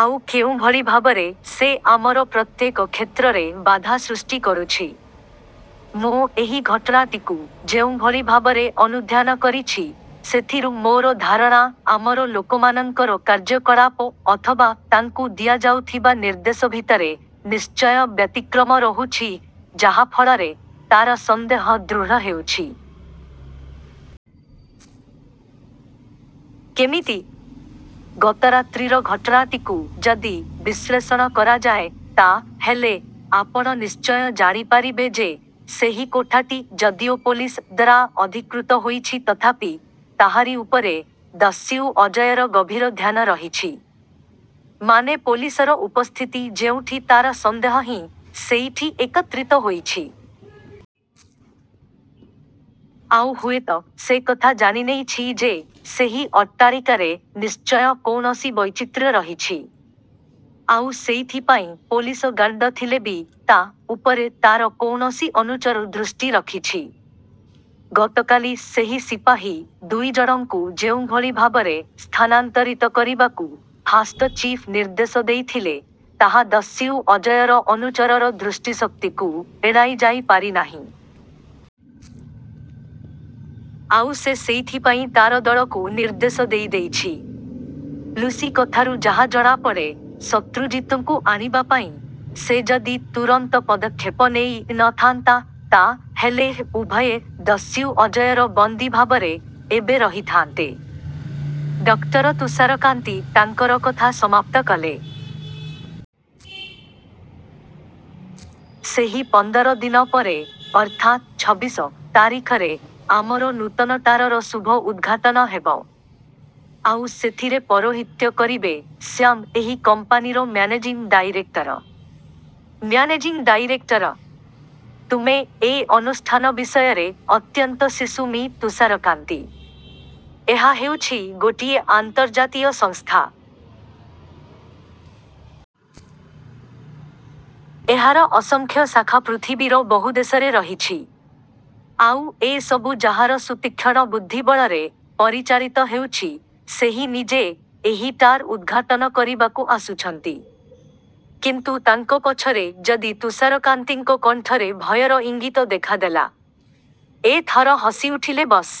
ଆଉ କେଉଁଭଳି ଭାବରେ ସେ ଆମର ପ୍ରତ୍ୟେକ କ୍ଷେତ୍ରରେ ବାଧା ସୃଷ୍ଟି କରୁଛି। ମୁଁ ଏହି ଘଟଣାଟିକୁ ଯେଉଁଭଳି ଭାବରେ ଅନୁଧ୍ୟାନ କରିଛି ସେଥିରୁ ମୋର ଧାରଣା ଆମର ଲୋକମାନଙ୍କର କାର୍ଯ୍ୟକଳାପ ଅଥବା ତାଙ୍କୁ ଦିଆଯାଉଥିବା ନିର୍ଦ୍ଦେଶ ଭିତରେ ନିଶ୍ଚୟ ବ୍ୟତିକ୍ରମ ରହୁଛି ଯାହା ଫଳରେ ତା’ର ସନ୍ଦେହ ଦୃଢ଼ ହେଉଛି। କେମିତି? ଗତରାତ୍ରିର ଘଟଣାଟିକୁ ଯଦି ବିଶ୍ଳେଷଣ କରାଯାଏ ତା’ ହେଲେ ଆପଣ ନିଶ୍ଚୟ ଜାଣିପାରିବେ ଯେ ସେହି କୋଠାଟି ଯଦିଓ ପୋଲିସ ଦ୍ୱାରା ଅଧିକୃତ ହୋଇଛି ତଥାପି ତାହାରି ଉପରେ ଦସ୍ୟୁ ଅଜୟର ଗଭୀର ଧ୍ୟାନ ରହିଛି। ମାନେ ପୋଲିସର ଉପସ୍ଥିତି ଯେଉଁଠି ତା’ର ସନ୍ଦେହ ହିଁ ସେଇଠି ଏକତ୍ରିତ ହୋଇଛି। ଆଉ ହୁଏତ ସେ କଥା ଜାଣିନେଇଛି ଯେ ସେହି ଅଟ୍ଟାଳିକାରେ ନିଶ୍ଚୟ କୌଣସି ବୈଚିତ୍ର୍ୟ ରହିଛି। ଆଉ ସେଇଥିପାଇଁ ପୋଲିସ ଗାର୍ଡ ଥିଲେ ବି ତା’ ଉପରେ ତା’ର କୌଣସି ଅନୁଚର ଦୃଷ୍ଟି ରଖିଛି। ଗତକାଲି ସେହି ସିପାହୀ ଦୁଇ ଜଣଙ୍କୁ ଯେଉଁଭଳି ଭାବରେ ସ୍ଥାନାନ୍ତରିତ କରିବାକୁ ଫାଷ୍ଟ ଚିଫ୍ ନିର୍ଦ୍ଦେଶ ଦେଇଥିଲେ ତାହା ଦସ୍ୟୁ ଅଜୟର ଅନୁଚରର ଦୃଷ୍ଟିଶକ୍ତିକୁ ଏଡ଼ାଇ ଯାଇ ପାରି ନାହିଁ। ଆଉ ସେ ସେଇଥିପାଇଁ ତା’ର ଦଳକୁ ନିର୍ଦ୍ଦେଶ ଦେଇ ଦେଇଛି। ଲୁସି କଥାରୁ ଯାହା ଜଣାପଡ଼େ ଶତ୍ରୁଜିତ୍‌ଙ୍କୁ ଆଣିବା ପାଇଁ ସେ ଯଦି ତୁରନ୍ତ ପଦକ୍ଷେପ ନେଇ ନ ଥାନ୍ତା ତା’ ହେଲେ ଉଭୟେ ଦସ୍ୟୁ ଅଜୟର ବନ୍ଦୀ ଭାବରେ ଏବେ ରହିଥାଆନ୍ତେ। ଡକ୍ଟର ତୁଷାରକାନ୍ତି ତାଙ୍କର କଥା ସମାପ୍ତ କଲେ। ସେହି ପନ୍ଦର ଦିନ ପରେ ଅର୍ଥାତ୍ ଛବିଶ ତାରିଖରେ ଆମର ନୂତନ ଟାୱାରର ଶୁଭ ଉଦ୍‌ଘାଟନ ହେବ। ଆଉ ସେଥିରେ ପୌରୋହିତ୍ୟ କରିବେ ସ୍ୱୟଂ ଏହି କମ୍ପାନୀର ମ୍ୟାନେଜିଂ ଡାଇରେକ୍ଟର। Managing director! ତୁମେ ଏ ଅନୁଷ୍ଠାନ ବିଷୟରେ ଅତ୍ୟନ୍ତ ଶିଶୁ ମି ତୁଷାରକାନ୍ତି। ଏହା ହେଉଛି ଗୋଟିଏ ଆନ୍ତର୍ଜାତୀୟ ସଂସ୍ଥା। ଏହାର ଅସଂଖ୍ୟ ଶାଖା ପୃଥିବୀର ବହୁ ଦେଶରେ ରହିଛି। ଆଉ ଏ ସବୁ ଯାହାର ସୁତୀକ୍ଷ୍ଣ ବୁଦ୍ଧିବଳରେ ପରିଚାଳିତ ହେଉଛି ସେହି ନିଜେ ଏହି ଟାୱାର୍ ଉଦ୍‌ଘାଟନ କରିବାକୁ ଆସୁଛନ୍ତି। କିନ୍ତୁ ତାଙ୍କ ପଛରେ ଯଦି ତୁଷାରକାନ୍ତିଙ୍କ କଣ୍ଠରେ ଭୟର ଇଙ୍ଗିତ ଦେଖା ଦେଲା। ଏ ଥର ହସିଉଠିଲେ ବସ୍।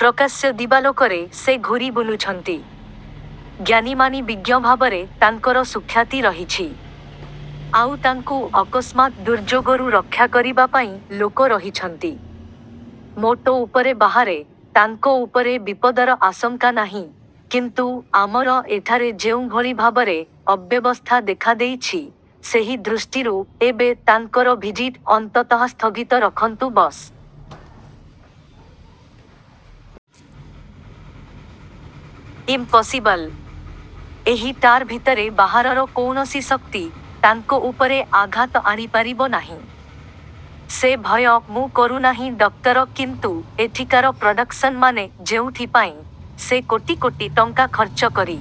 ପ୍ରକାଶ୍ୟ ଦିବାଲୋକରେ ସେ ଘୂରି ବୁଲୁଛନ୍ତି। ଜ୍ଞାନୀ ମାନୀ ବିଜ୍ଞ ଭାବରେ ତାଙ୍କର ସୁଖ୍ୟାତି ରହିଛି। ଆଉ ତାଙ୍କୁ ଅକସ୍ମାତ୍ ଦୁର୍ଯୋଗରୁ ରକ୍ଷା କରିବା ପାଇଁ ଲୋକ ରହିଛନ୍ତି। ମୋଟ ଉପରେ ବାହାରେ ତାଙ୍କ ଉପରେ ବିପଦର ଆଶଙ୍କା ନାହିଁ କିନ୍ତୁ ଆମର ଏଠାରେ ଯେଉଁଭଳି ଭାବରେ ଅବ୍ୟବସ୍ଥା ଦେଖା ଦେଇଛି ସେହି ଦୃଷ୍ଟିରୁ ଏବେ ତାଙ୍କର ଭିଜିଟ୍ ଅନ୍ତତଃ ସ୍ଥଗିତ ରଖନ୍ତୁ ବସ୍। ଇମ୍ପସିବଲ୍। ଏହି ଟାୱାର୍ ଭିତରେ ବାହାରର କୌଣସି ଶକ୍ତି ତାଙ୍କ ଉପରେ ଆଘାତ ଆଣିପାରିବ ନାହିଁ। ସେ ଭୟ ମୁଁ କରୁ ନାହିଁ ଡକ୍ଟର କିନ୍ତୁ ଏଠିକାର ପ୍ରଡକ୍ସନ୍ ମାନେ ଯେଉଁଥିପାଇଁ ସେ କୋଟି କୋଟି ଟଙ୍କା ଖର୍ଚ୍ଚ କରି